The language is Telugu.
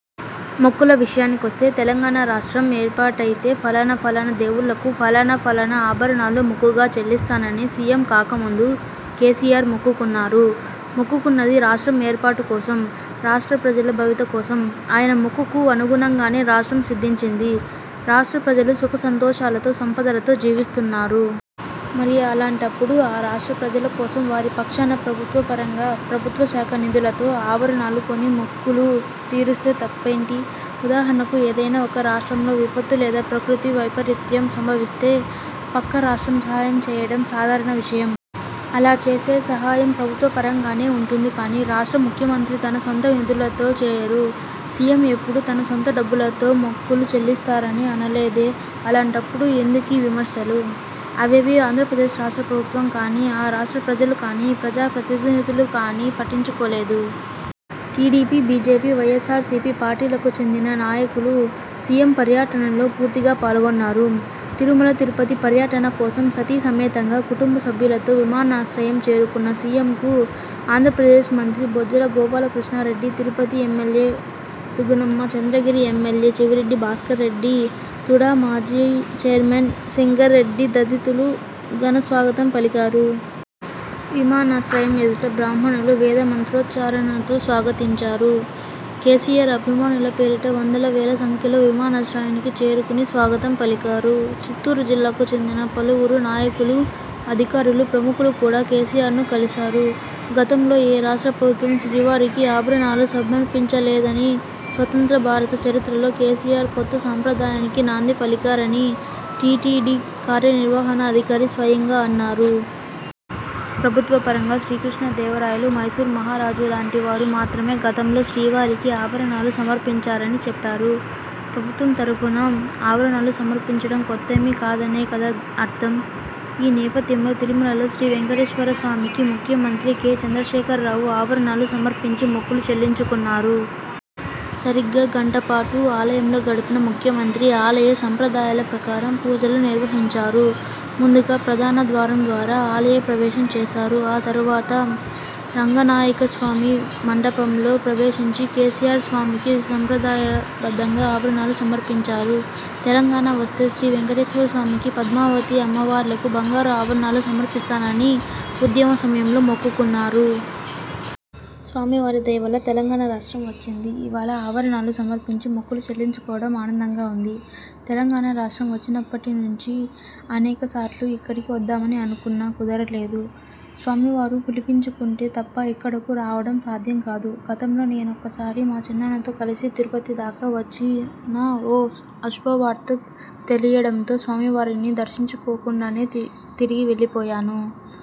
మొక్కుల విషయానికొస్తే, తెలంగాణ రాష్ట్రం ఏర్పాటైతే ఫలానా ఫలానా దేవుళ్లకు, ఫలానా ఫలానా ఆభరణాలు మొక్కుగా చెల్లిస్తానని సీఎం కాకముందు కేసీఆర్ మొక్కున్నారు. మొక్కుకున్నది రాష్ట్రం ఏర్పాటు కోసం. రాష్ట్ర ప్రజల భవిత కోసం. ఆయన మొక్కుకు అనుగుణంగానే రాష్ట్రం సిద్ధించింది. రాష్ట్ర ప్రజలు సుఖశాంతులతో, సంపదతో జీవిస్తున్నారు. మరి, అలాంటప్పుడు, ఆ రాష్ట్ర ప్రజల కోసం, వారి పక్షాన ప్రభుత్వ పరంగా, ప్రభుత్వ శాఖ నిధులతో, ఆభరణాలు కొని మొక్కులు తీరుస్తే తప్పేంటి? ఉదాహరణకు, ఏదైనా ఒక రాష్ట్రంలో విపత్తు లేదా ప్రకృతి వైపరీత్యం సంభవిస్తే, పక్క రాష్ట్రం సహాయం చేయడం సాధారణ విషయం. అలా చేసే సహాయం ప్రభుత్వ పరంగానే వుంటుంది కానీ, రాష్ట్ర ముఖ్యమంత్రి తన సొంత నిధులతో చేయరు. సీఎం ఎప్పుడూ తన సొంత డబ్బుతో మొక్కులు చెల్లిస్తానని అనలేదే? అలాంటప్పుడు ఎందుకీ విమర్శలు? ఇవేవీ ఆంధ్రప్రదేశ్ రాష్ట్ర ప్రభుత్వం కానీ, ఆ రాష్ట్ర ప్రజలు కానీ, ప్రజా ప్రతినిధులు కానీ పట్టించుకోలేదు. టీడీపీ, బీజేపీ, వైఎస్ఆర్సీపీ పార్టీలకు చెందిన నాయకులు సీఎం పర్యటనలో పూర్తిగా పాల్గొన్నారు. తిరుమల తిరుపతి పర్యటన కోసం సతీ సమేతంగా, కుటంబ సభ్యులతో విమానాశ్రయం చేరుకున్న సీఎంకు ఆంధ్రప్రదేశ్ మంత్రి బొజ్జల గోపాల కృష్ణారెడ్డి, తిరుపతి ఎమ్మెల్యే సుగుణమ్మ, చంద్రగిరి ఎమ్మెల్యే చెవిరెడ్డి భాస్కర్ రెడ్డి, తుడా మాజీ చైర్మన్ శంకర్ రెడ్డి తదితరులు ఘనస్వాగతం పలికారు. విమానాశ్రయం ఎదుట బ్రాహ్మణులు వేదమంత్రోచ్ఛారణలతో స్వాగతించారు. కేసీఆర్ అభిమానుల పేరిట వందల వేల సంఖ్యలో విమానాశ్రయానికి చేరుకుని స్వాగతం పలికారు. చిత్తూరు జిల్లాకు చెందిన పలువురు నాయకులు, అధికారులు, ప్రముఖులు కూడా కేసీఆర్ను కలిశారు. గతంలో ఏ రాష్ట్ర ప్రభుత్వం శ్రీవారికి ఆభరణాలు సమర్పించలేదని, స్వతంత్ర భారత చరిత్రలో కేసీఆర్ కొత్త సాంప్రదాయానికి నాంది పలికారని టీటీడీ కార్యనిర్వహణ అధికారి స్వయంగా అన్నారు. ప్రభుత్వ పరంగా, శ్రీకృష్ణ దేవరాయలు, మైసూర్ మహారాజు లాంటి వారు మాత్రమే గతంలో శ్రీవారికి ఆభరణాలు సమర్పించారని చెప్పారు. ప్రభుత్వం తరఫున ఆభరణాలు సమర్పించడం కొత్తేమీ కాదనే కదా అర్థం? ఈ నేపథ్యంలో, తిరుమలలో శ్రీ వెంకటేశ్వర స్వామికి ముఖ్యమంత్రి కె. చంద్రశేఖర్ రావు ఆభరణాలు సమర్పించి మొక్కులు చెల్లించుకున్నారు. సరిగ్గా గంటపాటు ఆలయంలో గడిపిన ముఖ్యమంత్రి ఆలయ సంప్రదాయాల ప్రకారం పూజలు నిర్వహించారు. ముందుగా, ప్రధాన ద్వారం ద్వారా ఆలయ ప్రవేశం చేశారు. ఆ తరువాత రంగనాయకస్వామి మంటపంలో ప్రవేశించిన కేసీఆర్ స్వామికి సాంప్రదాయ బద్ధంగా ఆభరణాలు సమర్పించారు. ''తెలంగాణ వస్తే శ్రీ వెంకటేశ్వరస్వామికి, పద్మావతి అమ్మవార్లకు బంగారు ఆభరణాలు సమర్పిస్తానని ఉద్యమ సమయంలో మొక్కుకున్నాను. స్వామి వారి దయవల్ల తెలంగాణ రాష్ట్రం వచ్చింది. ఇవాళ ఆభరణాలు సమర్పించి మొక్కులు చెల్లించుకోవడం ఆనందంగా ఉంది. తెలంగాణ రాష్ట్రం వచ్చినప్పటి నుంచి అనేక సార్లు ఇక్కడికి వద్దామని అనుకున్నా కుదరలేదు. స్వామి వారు పిలిపించుకుంటే తప్ప ఇక్కడకు రావడం సాధ్యం కాదు. గతంలో నేనొకసారి మా చిన్నాన్నతో కలిసి తిరుపతి దాకా వచ్చినా ఓ అశుభవార్త తెలియడంతో స్వామి వారిని దర్శించుకోకుండానే తిరిగి వెల్లిపోయాను.